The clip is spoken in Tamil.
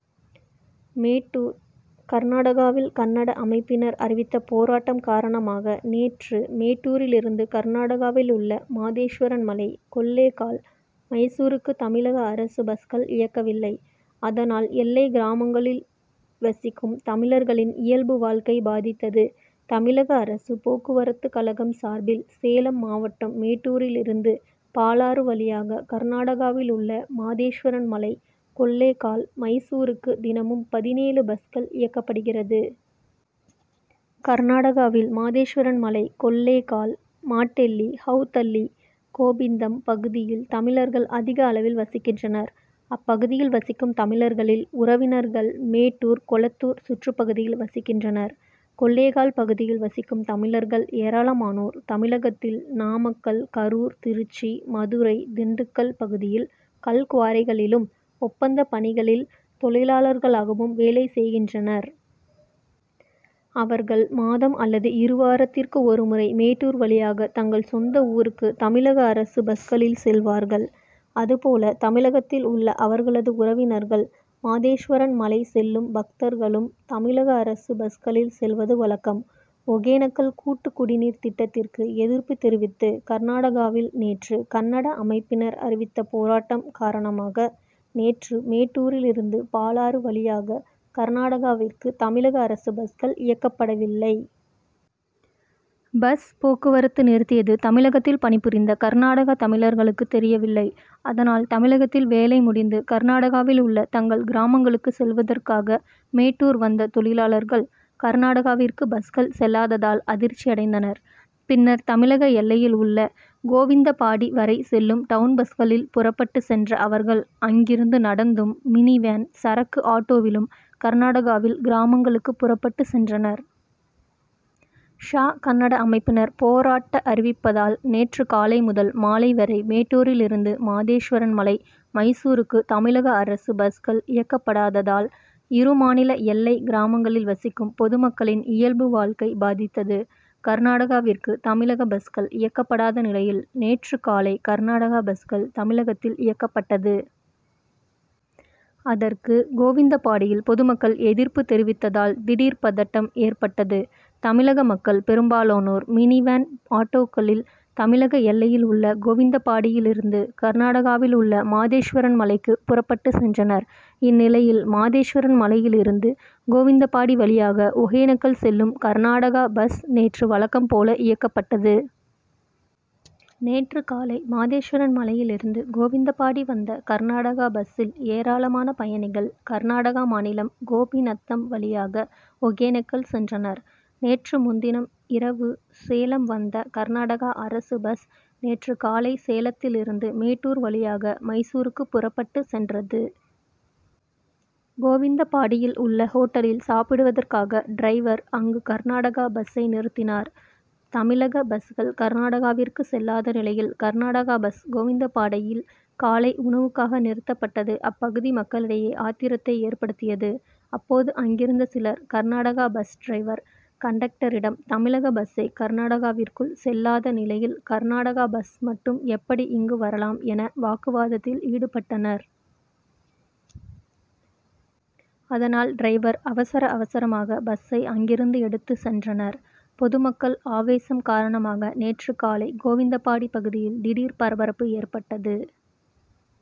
மேட்டூர் கர்நாடகாவில் கன்னட அமைப்பினர் அறிவித்த போராட்டம் காரணமாக நேற்று மேட்டூரில் இருந்து கர்நாடகாவில் உள்ள மாதேஸ்வரன்மலை, கொள்ளேகால், மைசூரூக்கு தமிழக அரசு பஸ்கள் இயக்கவில்லை. அதனால், எல்லை கிராமங்களில் வசிக்கும் தமிழர்களின் இயல்பு வாழ்க்கை பாதித்தது. தமிழக அரசு போக்குவரத்து கழகம் சார்பில் சேலம் மாவட்டம், மேட்டூரில் இருந்து பாலாறு வழியாக கர்நாடகாவில் உள்ள மாதேஸ்வரன் மலை, கொள்ளேகால், மைசூரூக்கு தினமும் பதினேழு பஸ்கள் இயக்கப்படுகிறது. கர்நாடகாவில் மாதேஸ்வரன் மலை, கொள்ளேகால், மாட்டெல்லி, ஹவுதல்லி, கோபிந்த்தம் பகுதியில் தமிழர்கள் அதிக அளவில் வசிக்கின்றனர். அப்பகுதியில் வசிக்கும் தமிழர்களில் உறவினர்கள் மேட்டூர், கொளத்தூர் சுற்றுப்பகுதியில் வசிக்கின்றனர். கொள்ளேகால் பகுதியில் வசிக்கும் தமிழர்கள் ஏராளமானோர் தமிழகத்தில் நாமக்கல், கரூர், திருச்சி, மதுரை, திண்டுக்கல் பகுதியில் கல்குவாரிகளிலும், ஒப்பந்த பணிகளில் தொழிலாளர்களாகவும் வேலை செய்கின்றனர். அவர்கள் மாதம் அல்லது இருவாரத்திற்கு ஒரு முறை மேட்டூர் வழியாக தங்கள் சொந்த ஊருக்கு தமிழக அரசு பஸ்களில் செல்வார்கள். அதுபோல தமிழகத்தில் உள்ள அவர்களது உறவினர்கள், மாதேஸ்வரன்மலை செல்லும் பக்தர்களும் தமிழக அரசு பஸ்களில் செல்வது வழக்கம். ஒகேனக்கல் கூட்டு குடிநீர் திட்டத்திற்கு எதிர்ப்பு தெரிவித்து கர்நாடகாவில் நேற்று கன்னட அமைப்பினர் அறிவித்த போராட்டம் காரணமாக நேற்று மேட்டூரில் இருந்து பாலாறு வழியாக கர்நாடகாவிற்கு தமிழக அரசு பஸ்கள் இயக்கப்படவில்லை. பஸ் போக்குவரத்து நிறுத்தியது தமிழகத்தில் பணிபுரிந்த கர்நாடகா தமிழர்களுக்கு தெரியவில்லை. அதனால், தமிழகத்தில் வேலை முடிந்து கர்நாடகாவில் உள்ள தங்கள் கிராமங்களுக்கு செல்வதற்காக மேட்டூர் வந்த தொழிலாளர்கள் கர்நாடகாவிற்கு பஸ்கள் செல்லாததால் அதிர்ச்சியடைந்தனர். பின்னர் தமிழக எல்லையில் உள்ள கோவிந்தபாடி வரை செல்லும் டவுன்பஸ்களில் புறப்பட்டு சென்ற அவர்கள் அங்கிருந்து நடந்தும், மினிவேன், சரக்கு ஆட்டோவிலும் கர்நாடகாவில் கிராமங்களுக்கு புறப்பட்டு சென்றனர். க்ஷ கன்னட அமைப்பினர் போராட்ட அறிவிப்பதால் நேற்று காலை முதல் மாலை வரை மேட்டூரில் இருந்து மாதேஸ்வரன்மலை, மைசூரூக்கு தமிழக அரசு பஸ்கள் இயக்கப்படாததால் இருமாநில எல்லை கிராமங்களில் வசிக்கும் பொதுமக்களின் இயல்பு வாழ்க்கை பாதித்தது. கர்நாடகாவிற்கு தமிழக பஸ்கள் இயக்கபடாத நிலையில், நேற்று காலை கர்நாடகா பஸ்கள் தமிழகத்தில் இயக்கப்பட்டது. அதற்கு கோவிந்தபாடியில் பொதுமக்கள் எதிர்ப்பு தெரிவித்ததால் திடீர் பதட்டம் ஏற்பட்டது. தமிழக மக்கள் பெரும்பாலோர் மினிவேன், ஆட்டோக்களில் தமிழக எல்லையில் உள்ள கோவிந்தபாடியில் இருந்து கர்நாடகாவில் உள்ள மாதேஸ்வரன் மலைக்கு புறப்பட்டு சென்றனர். இந்நிலையில், மாதேஸ்வரன் மலையில் இருந்து கோவிந்தபாடி வழியாக ஒகேனக்கல் செல்லும் கர்நாடகா பஸ் நேற்று வழக்கம் போல இயக்கப்பட்டது. நேற்று காலை மாதேஸ்வரன் மலையில் இருந்து கோவிந்தபாடி வந்த கர்நாடகா பஸ்ஸில் ஏராளமான பயணிகள் கர்நாடகா மாநிலம் கோபிநத்தம் வழியாக ஒகேனக்கல் சென்றனர். நேற்று முன்தினம் இரவு சேலம் வந்த கர்நாடகா அரசு பஸ் நேற்று காலை சேலத்தில் இருந்து மேட்டூர் வழியாக மைசூருக்கு புறப்பட்டு சென்றது. கோவிந்தபாடியில் உள்ள ஹோட்டலில் சாப்பிடுவதற்காக டிரைவர் அங்கு கர்நாடகா பஸ்ஸை நிறுத்தினார். தமிழக பஸ்கள் கர்நாடகாவிற்கு செல்லாத நிலையில், கர்நாடகா பஸ் கோவிந்தபாடியில் காலை உணவுக்காக நிறுத்தப்பட்டது அப்பகுதி மக்களிடையே ஆத்திரத்தை ஏற்படுத்தியது. அப்போது அங்கிருந்த சிலர் கர்நாடகா பஸ் டிரைவர், கண்டக்டரிடம், தமிழக பஸ்ஸை கர்நாடகாவிற்குள் செல்லாத நிலையில், கர்நாடகா பஸ் மட்டும் எப்படி இங்கு வரலாம் என வாக்குவாதத்தில் ஈடுபட்டனர். அதனால், டிரைவர் அவசர, அவசரமாக பஸ்ஸை அங்கிருந்து எடுத்து சென்றனர். பொதுமக்கள் ஆவேசம் காரணமாக நேற்று காலை கோவிந்தபாடி பகுதியில் திடீர் பரபரப்பு ஏற்பட்டது.